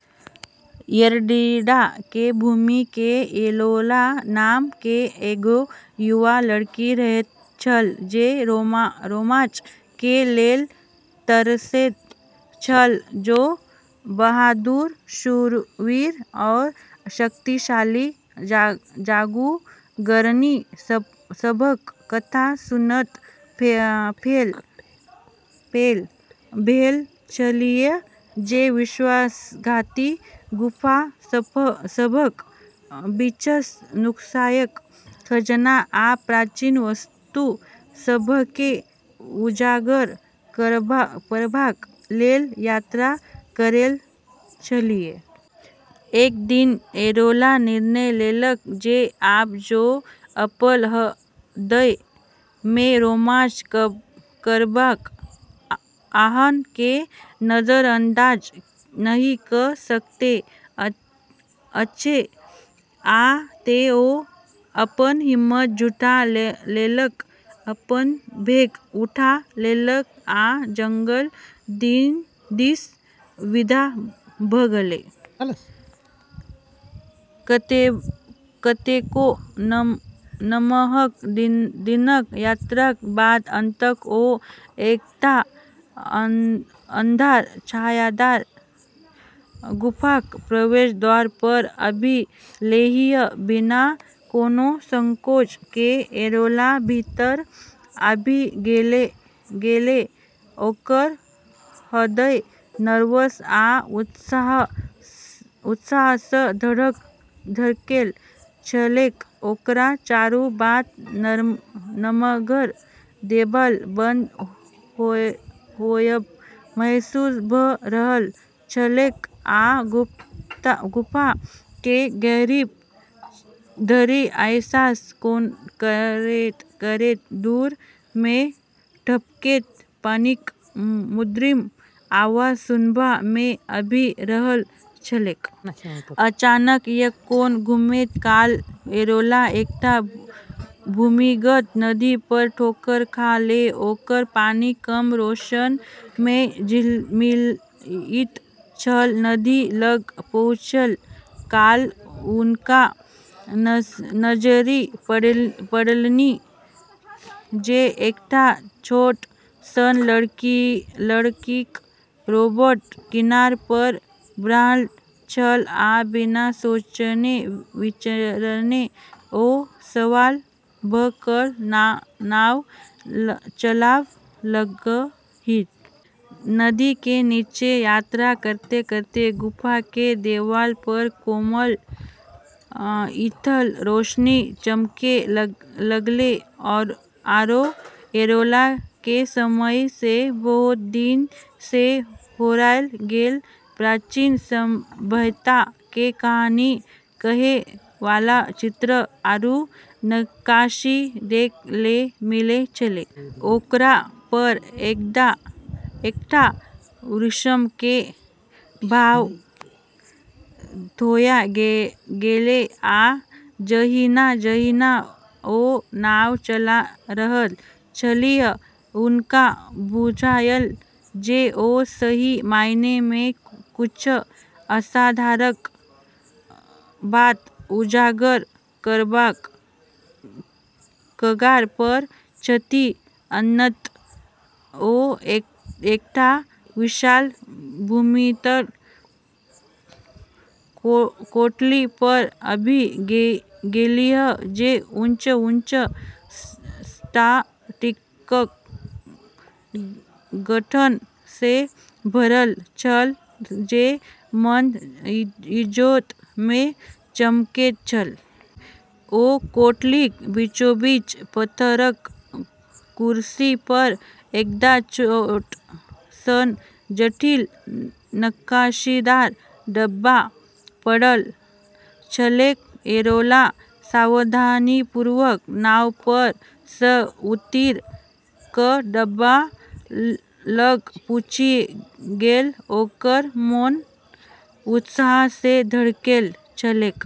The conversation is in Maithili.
एल्ड्रिडा के भूमि में एलोरा नाम के एगो युवा लड़की रहैत छल जे रोमांच के लेल तरसैत छल। ओ बहादुर शूरवीर आ शक्तिशाली जादूगरनी सभक कथा सुनैत पैघ भेल छलीह जे विश्वासघाती गुफा सभक बीचसँ नुकायल खजाना आ प्राचीन वस्तु सभकेँ उजागर करबाक लेल यात्रा करैत छलीह। एक दिन एलोरा निर्णय लेलक जे आब ओ अपन हृदय मे रोमांच करबाक आह्वान केँ नजरअंदाज नहि क' सकैत अछि, आ तें ओ अपन हिम्मत जुटा लेलक, अपन बैग उठा लेलक आ जंगल दिस विदा भ' गेल। कतेको नमहर दिनक यात्राक बाद अंततः ओ एकटा अन्हार, छायादार गुफाक प्रवेश द्वार पर आबि गेलीह। बिना कोनो संकोच के एलोरा भीतर आबि गेलै, ओकर हृदय नर्वस आ उत्साह सँ धड़कैत छलैक। ओकरा चारू कात नमगर देबाल बंद होयब महसूस भ' रहल छलैक आ गुफा मे गहींर धरि साहस करैत-करैत दूर मे टपकैत पानिक मद्धिम आवाज सुनबा मे आबि रहल छलैक। अचानक एक कोन घुमैत काल एलोरा एकटा भूमिगत नदी पर ठोकर खा गेल, ओकर पानि कम रोशनी मे झिलमिलाइत छल। नदी लग पहुँचैत काल हुनका नजरि पड़लनि जे एकटा छोट सन लकड़ीक रोबोट किनार पर बान्हल छल आ बिना सोचने-विचारने ओ सवार भ' क' नाव चलाब' लगलीह। नदी के नीचें यात्रा करतें-करतें गुफा के देवाल पर कोमल, ईथर रोशनी चमकै लागलै, आरो एलोरा के समय सें बहुत दिन सें हेराय गेल प्राचीन सभ्यता के कहानी कहै वाला चित्र आरू नक्काशी देखै ल मिलै छेलै। ओकरा पर एकटा विस्मय के भाव धोआ गेलै, आ जहिना-जहिना ओ नाव चला रहल छलीह, हुनका बुझायल जे ओ सही मायने मे किछु असाधारण बात उजागर करबाक कगार पर छथि। अन्ततः ओ एकटा विशाल, भूमिगत कोठली पर आबि गेलीह, जे ऊँच-ऊँच स्फटिकक गठन सँ भरल छल जे मंद इजोत मे चमकैत छल। आ कोठलीक बीचोबीच पाथरक कुरसी पर एकटा छोट सन जटिल नक्काशीदार डिब्बा पड़ल छलैक। एलोरा सावधानीपूर्वक नाव पर सँ उतरि क' डिब्बा लग पहुँचि गेल, ओकर मोन उत्साह सँ धड़कैत छलैक।